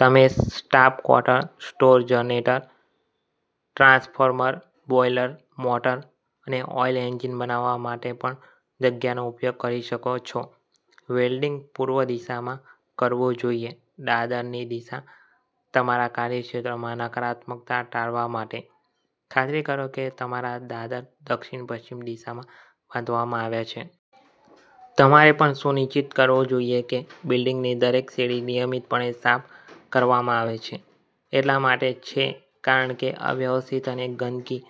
તમે staff quarter, store generator, transformer, boiler, motor અને oil engine બનાવવા માટે પણ જગ્યાનો ઉપયોગ કરી શકો છો. વેલ્ડીંગ પૂર્વ દિશામાં કરવું જોઈએ દાદરની દિશા તમારા કાર્યક્ષેત્રમાં નકારાત્મકતા ટાળવા માટે, ખાતરી કરો કે તમારા દાદર દક્ષિણ-પશ્ચિમ દિશામાં બાંધવામાં આવ્યા છે. તમારેપણ સુનિશ્ચિત કરવું જોઈએ કે બિલ્ડિંગની દરેક સીડી નિયમિતપણે સાફ કરવામાં આવે છે. એટલા માટે છે કારણ કે અવ્યવસ્થિત અને ગંદકી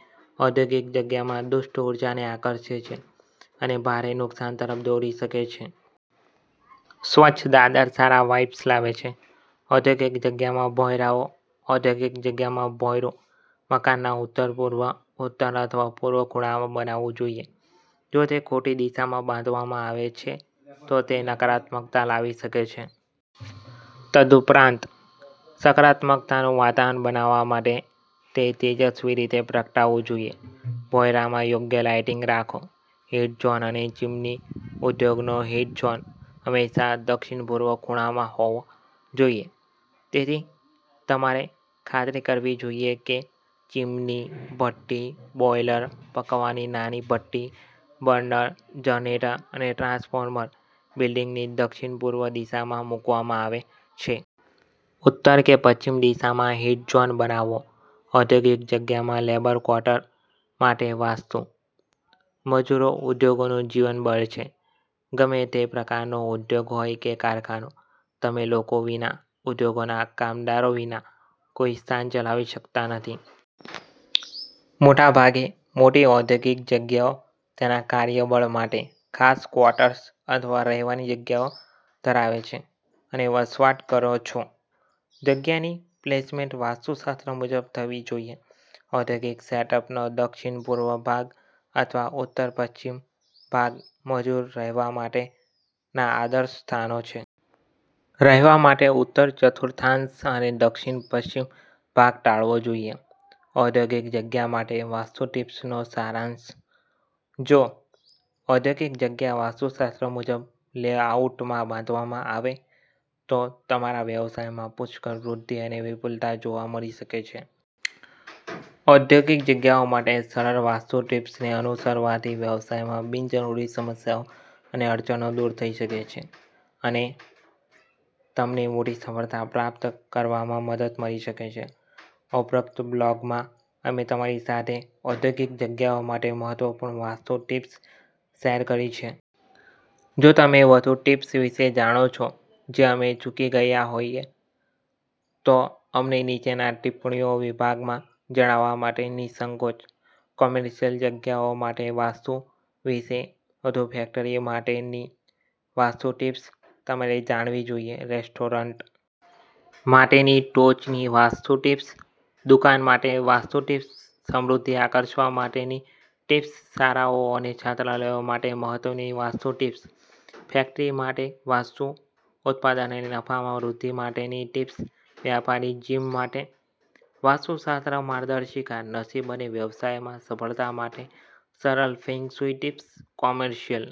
ઔદ્યોગિક જગ્યામાં દુષ્ટ ઊર્જાને આકર્ષે છે, અને ભારે નુકસાન તરફ દોરી શકે છે. સ્વચ્છ દાદર સારા વાઇબ્સ લાવે છે ઔદ્યોગિક જગ્યામાં ભોંયરાઓ ઔદ્યોગિક જગ્યામાં ભોંયરું મકાનના ઉત્તરપૂર્વ, ઉત્તર અથવા પૂર્વ ખૂણામાં બનાવવું જોઈએ. જો તે ખોટી દિશામાં બાંધવામાં આવે છે, તો તે નકારાત્મકતા લાવી શકે છે. તદુપરાંત, સકારાત્મકતાનું વાતાવરણ બનાવવા માટે તે તેજસ્વી રીતે પ્રગટાવવું જોઈએ. ભોંયરામાં યોગ્ય લાઇટિંગ રાખો હીટ ઝોન અને ચીમની ઉદ્યોગનો હીટ ઝોન હંમેશા દક્ષિણપૂર્વ ખૂણામાં હોવો જોઈએ. તેથી, તમારે ખાતરી કરવી જોઈએ કે ચીમની, ભઠ્ઠી, બોઈલર, પકાવવાની નાની ભઠ્ઠી, બર્નર, જનરેટર અને ટ્રાન્સફોર્મર બિલ્ડિંગની દક્ષિણપૂર્વ દિશામાં મૂકવામાં આવે છે. ઉત્તર કે પશ્ચિમ દિશામાં હીટ ઝોનબનાવો ઔદ્યોગિક જગ્યામાં લેબર ક્વાર્ટર માટે વાસ્તુ મજૂરો ઉદ્યોગોનું જીવન બળ છે. ગમે તે પ્રકારનો ઉદ્યોગ હોય કે કારખાનું, તમે લોકો વિના, ઉદ્યોગોના આ કામદારો વિના કોઈ સ્થાન ચલાવી શકતા નથી. મોટાભાગે મોટી ઔદ્યોગિક જગ્યાઓ તેના કાર્યબળ માટે ખાસ ક્વાર્ટર્સ અથવા રહેવાની જગ્યાઓ ધરાવે છે અનેવસવાટ કરો છો જગ્યાની પ્લેસમેન્ટ વાસ્તુશાસ્ત્ર મુજબ થવી જોઈએ. ઔદ્યોગિક સેટઅપનો દક્ષિણ પૂર્વ ભાગ અથવા ઉત્તર પશ્ચિમ ભાગ મજૂર રહેવા માટેના આદર્શ સ્થાનો છે. રહેવા માટે ઉત્તર ચતુર્થાંશ અને દક્ષિણ પશ્ચિમ ભાગ ટાળવો જોઈએ. ઔદ્યોગિક જગ્યા માટે વાસ્તુ ટિપ્સનો સારાંશ જો ઔદ્યોગિક જગ્યા વાસ્તુશાસ્ત્ર મુજબ લેઆઉટમાં બાંધવામાં આવે તો તમારા વ્યવસાયમાં પુષ્કળ વૃદ્ધિ અને વિપુલતા જોવા મળી શકે છે. ઔદ્યોગિક જગ્યાઓ માટે સરળ વાસ્તુ ટીપ્સને અનુસરવાથી વ્યવસાયમાં બિનજરૂરી સમસ્યાઓ અને અડચણો દૂર થઈ શકે છે અને તમને મોટી સફળતા પ્રાપ્ત કરવામાં મદદ મળી શકે છે. ઉપરોક્ત બ્લોગમાં, અમે તમારી સાથે ઔદ્યોગિક જગ્યાઓ માટે મહત્વપૂર્ણ વાસ્તુ ટીપ્સ શેર કરી છે. જો તમે વધુ ટિપ્સ વિશે જાણો છો જે અમે ચૂકી ગયા હોઈએ, તો અમને નીચેના ટિપ્પણીઓ વિભાગમાં જણાવવા માટે નિઃસંકોચ. કોમર્શિયલ જગ્યાઓ માટે વાસ્તુ વિશે વધુ ફેક્ટરી માટેની વાસ્તુ ટિપ્સ તમારે જાણવીજોઈએ રેસ્ટોરન્ટ માટેની ટોચની વાસ્તુ ટીપ્સ દુકાન માટે વાસ્તુ ટીપ્સ સમૃદ્ધિ આકર્ષવા માટેની ટીપ્સ શારાઓ અને છાત્રાલયો માટે મહત્વની વાસ્તુ ટીપ્સ ફેક્ટરી માટે વાસ્તુ ઉત્પાદન અને નફામાં વૃદ્ધિ માટેની ટીપ્સ વ્યાપારી જીમ માટે વાસ્તુશાસ્ત્ર માર્ગદર્શિકા નસીબ અને વ્યવસાયમાં સફળતા માટે સરલ ફેંગ શુઇ ટિપ્સ કોમર્શિયલ